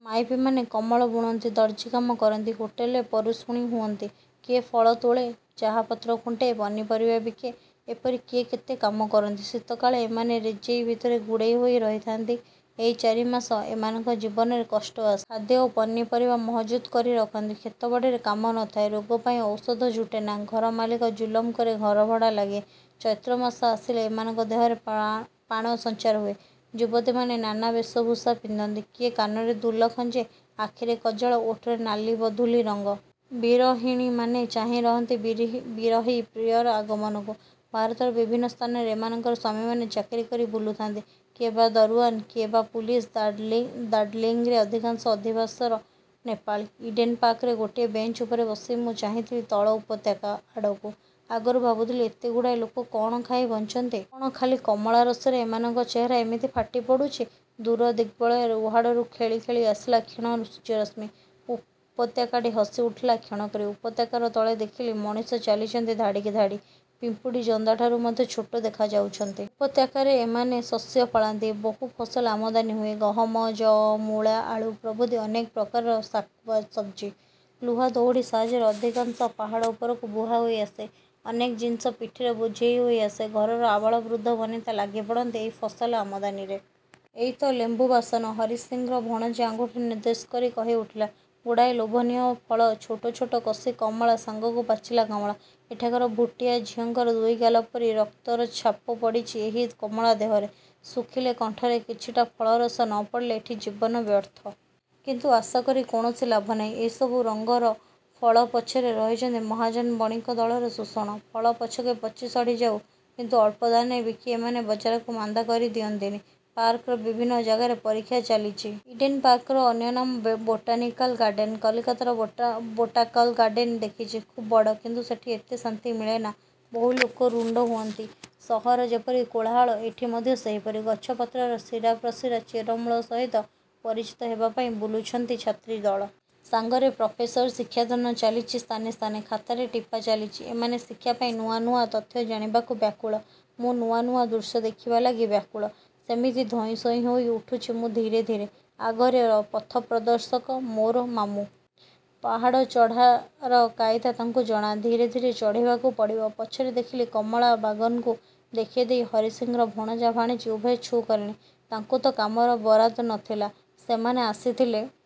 ମାଇପିମାନେ କମଳ ବୁଣନ୍ତି, ଦର୍ଜିକାମ କରନ୍ତି, ହୋଟେଲରେ ପରିଷୁଣି ହୁଅନ୍ତି। କିଏ ଫଳ ତୋଳେ, ଚାହାପତ୍ର ଖୁଣ୍ଟେ, ପନିପରିବା ବିକେ–ଏପରି କିଏ କେତେ କାମ କରନ୍ତି। ଶୀତକାଳେ ଏମାନେ ରେଜେଇ ଭିତରେ ଗୁଡ଼େଇ ହୋଇ ରହିଥାଆନ୍ତି। ଏହି ଚାରି ମାସ ଏମାନଙ୍କ ଜୀବନରେ କଷ୍ଟ ଆସେ। ଖାଦ୍ୟ ଓ ପନିପରିବା ମହଜୁଦ କରି ରଖନ୍ତି। କ୍ଷେତବାଡ଼ିରେ କାମ ନ ଥାଏ–ରୋଗପାଇଁ ଔଷଧ ଜୁଟେନା। ଘରମାଲିକ ଜୁଲମ କରେ ଘରଭଡ଼ା ଲାଗି। ଚୈତ୍ର ମାସ ଆସିଲେ ଏମାନଙ୍କ ଦେହରେ ପାଣ ସଞ୍ଚାର ହୁଏ। ଯୁବତୀମାନେ ନାନା ବେଶଭୂଷା ପିନ୍ଧନ୍ତ–କିଏ କାନରେ ଦୁଲ ଖଞ୍ଜେ, ଆଖିରେ କଜଳ, ଓଠରେ ନାଲିବଧୂଲି ରଙ୍ଗ। ବିରହିଣୀମାନେ ଚାହିଁ ରହନ୍ତି ବିରହୀ ପ୍ରିୟର ଆଗମନକୁ। ଭାରତର ବିଭିନ୍ନ ସ୍ଥାନରେ ଏମାନଙ୍କର ସ୍ୱାମୀମାନେ ଚାକିରୀ କରି ବୁଲୁଥାଆନ୍ତି–କିଏବା ଦରୁଆନ୍, କିଏବା ପୁଲିସ। ଦାର୍ଲିଲିଂରେ ଅଧିକାଂଶ ଅଧିବାସର ନେପାଳୀ। ଇଡ଼େନ ପାର୍କରେ ଗୋଟିଏ ବେଞ୍ଚ ଉପରେ ବସି ମୁଁ ଚାହିଁଥିଲି ତଳ ଉପତ୍ୟକା ଆଡ଼କୁ-। ଆଗରୁ ଭାବୁଥିଲି ଏତେଗୁଡ଼ାଏ ଲୋକ କ'ଣ ଖାଇ ବଞ୍ଚନ୍ତି? କ'ଣ ଖାଲି କମଳା ରସରେ ଏମାନଙ୍କ ଚେହେରା ଏମିତି ଫାଟି ପଡ଼ୁଚି? ଦୂର ଦିଗ୍ବଳୟର ଉହାଡ଼ରୁ ଖେଳି ଖେଳି ଆସିଲା କ୍ଷୀଣ ସୂର୍ଯ୍ୟରଶ୍ମୀ। ଉପତ୍ୟକାଟି ହସି ଉଠିଲା କ୍ଷଣକରେ; ଉପତ୍ୟକାର ତଳେ ଦେଖିଲି ମଣିଷ ଚାଲିଛନ୍ତି ଧାଡ଼ିକି ଧାଡ଼ି। ପିମ୍ପୁଡ଼ି ଜନ୍ଦାଠାରୁ ମଧ୍ୟ ଛୋଟ ଦେଖଯାଉଛନ୍ତି। ଉପତ୍ୟକାରେ ଏମାନେ ଶସ୍ୟ ଫଳାନ୍ତି। ବହୁ ଫସଲ ଆମଦାନୀ ହୁଏ–ଗହମ, ଯଅ, ମୂଳା, ଆଳୁ ପ୍ରଭୃତି ଅନେକ ପ୍ରକାରର ଶାକ୍ସବ୍ଜି। ଲୁହା ଦଉଡ଼ି ସାହାଯ୍ୟରେ ଅଧିକାଂଶ ପାହାଡ଼ ଉପରକୁ ବୁହାହୋଇ ଆସେ। ଅନେକ ଜିନିଷ ପିଠିରେ ବୋଝେଇ ହୋଇ ଆସେ। ଘରର ଆବାଳବୃଦ୍ଧବନିତା ଲାଗି ପଡ଼ନ୍ତି ଏଇ ଫସଲ ଆମଦାନୀରେ। ''ଏଇ ତ ଲେମ୍ୱୁ ବାସନ'' ହରିସିଂର ଭଣଜା ଆଙ୍ଗୁଠି ନିର୍ଦ୍ଦେଶ କରି କହି ଉଠିଲା। ଗୁଡ଼ାଏ ଲୋଭନୀୟ ଫଳ–ଛୋଟ ଛୋଟ କସି କମଳା ସାଙ୍ଗକୁ ପାଚିଲା କମଳା। ଏଠାକାର ଭୁଟିଆ ଝିଅଙ୍କର ଦୁଇଗାଲ ପରି ରକ୍ତର ଛାପ ପଡ଼ିଚି ଏହି କମଳା ଦେହରେ। ଶୁଖିଲେ କଣ୍ଠରେ କିଛିଟା ଫଳରସ ନ ପଡ଼ିଲେ ଏଠି ଜୀବନ ବ୍ୟର୍ଥ। କିନ୍ତୁ ଆଶା କରି କୌଣସି ଲାଭ ନାହିଁ। ଏହିସବୁ ରଙ୍ଗର ଫଳ ପଛରେ ରହିଛନ୍ତି ମହାଜନ ବଣିକ ଦଳର ଶୋଷଣ। ଫଳ ପଛକେ ପଚିସଢ଼ି ଯାଉ କିନ୍ତୁ ଅଳ୍ପ ଦାମରେ ବିକି ଏମାନେ ବଜାରକୁ ମାନ୍ଦା କରି ଦିଅନ୍ତିନି। ପାର୍କର ବିଭିନ୍ନ ଜାଗାରେ ପରୀକ୍ଷା ଚାଲିଚି। ଇଡ଼େନ ପାର୍କର ଅନ୍ୟ ନାମ ବୋଟାନିକାଲ ଗାର୍ଡ଼ନ। କଲିକତାରେ ବୋଟାକାଲ ଗାର୍ଡ଼ନ ଦେଖିଚି। ଖୁବ୍ ବଡ଼ କିନ୍ତୁ ସେଠି ଏତେ ଶାନ୍ତି ମିଳେନା। ବହୁ ଲୋକ ରୁଣ୍ଡ ହୁଅନ୍ତି। ସହରରେ ଯେପରି କୋଳାହଳ–ଏଇଠି ମଧ୍ୟ ସେହିପରି। ଗଛ ପତ୍ରର ଶୀରାପ୍ରଶିରା ଚେରମୂଳ ସହିତ ପରିଚିତ ହେବା ପାଇଁ ବୁଲୁଛନ୍ତୀ ଛାତ୍ରଦଳ। ସାଙ୍ଗରେ ପ୍ରଫେସର; ଶିକ୍ଷାଦାନ ଚାଲିଛି ସ୍ଥାନେ ସ୍ଥାନେ। ଖାତାରେ ଟିପା ଚାଲିଚି। ଏମାନେ ଶିକ୍ଷା ପାଇଁ ନୂଆ ନୂଆ ତଥ୍ୟ ଜାଣିବାକୁ ବ୍ୟାକୁଳ। ମୁଁ ନୂଆ ନୂଆ ଦୃଶ୍ୟ ଦେଖିବା ଲାଗି ବ୍ୟାକୁଳ। ସେମିତି ଧଇଁସଇଁ ହୋଇ ଉଠୁଚି ମୁଁ ଧୀରେ ଧୀରେ। ଆଗରେ ପଥ ନିର୍ଦ୍ଦେଶକ ମୋର ମାମୁଁ। ପାହାଡ଼ଚଢାର କାଇଦା ତାଙ୍କୁ ଜଣା। ଧୀରେ ଧୀରେ ଚଢ଼ିବାକୁ ପଡ଼ିବ। ପଛରେ ଦେଖିଲି କମଳା ବାଗନକୁ ଦେଖେଇଦେଇ ହରିସିଂର ଭଣଜା ଭାଣିଜୀ ଉଭୟେ ଛୁ କଲେଣି। ତାଙ୍କୁ ତ କାମର ବରାଦ ନ ଥିଲା, ସେମାନେ ଆସିଥିଲେ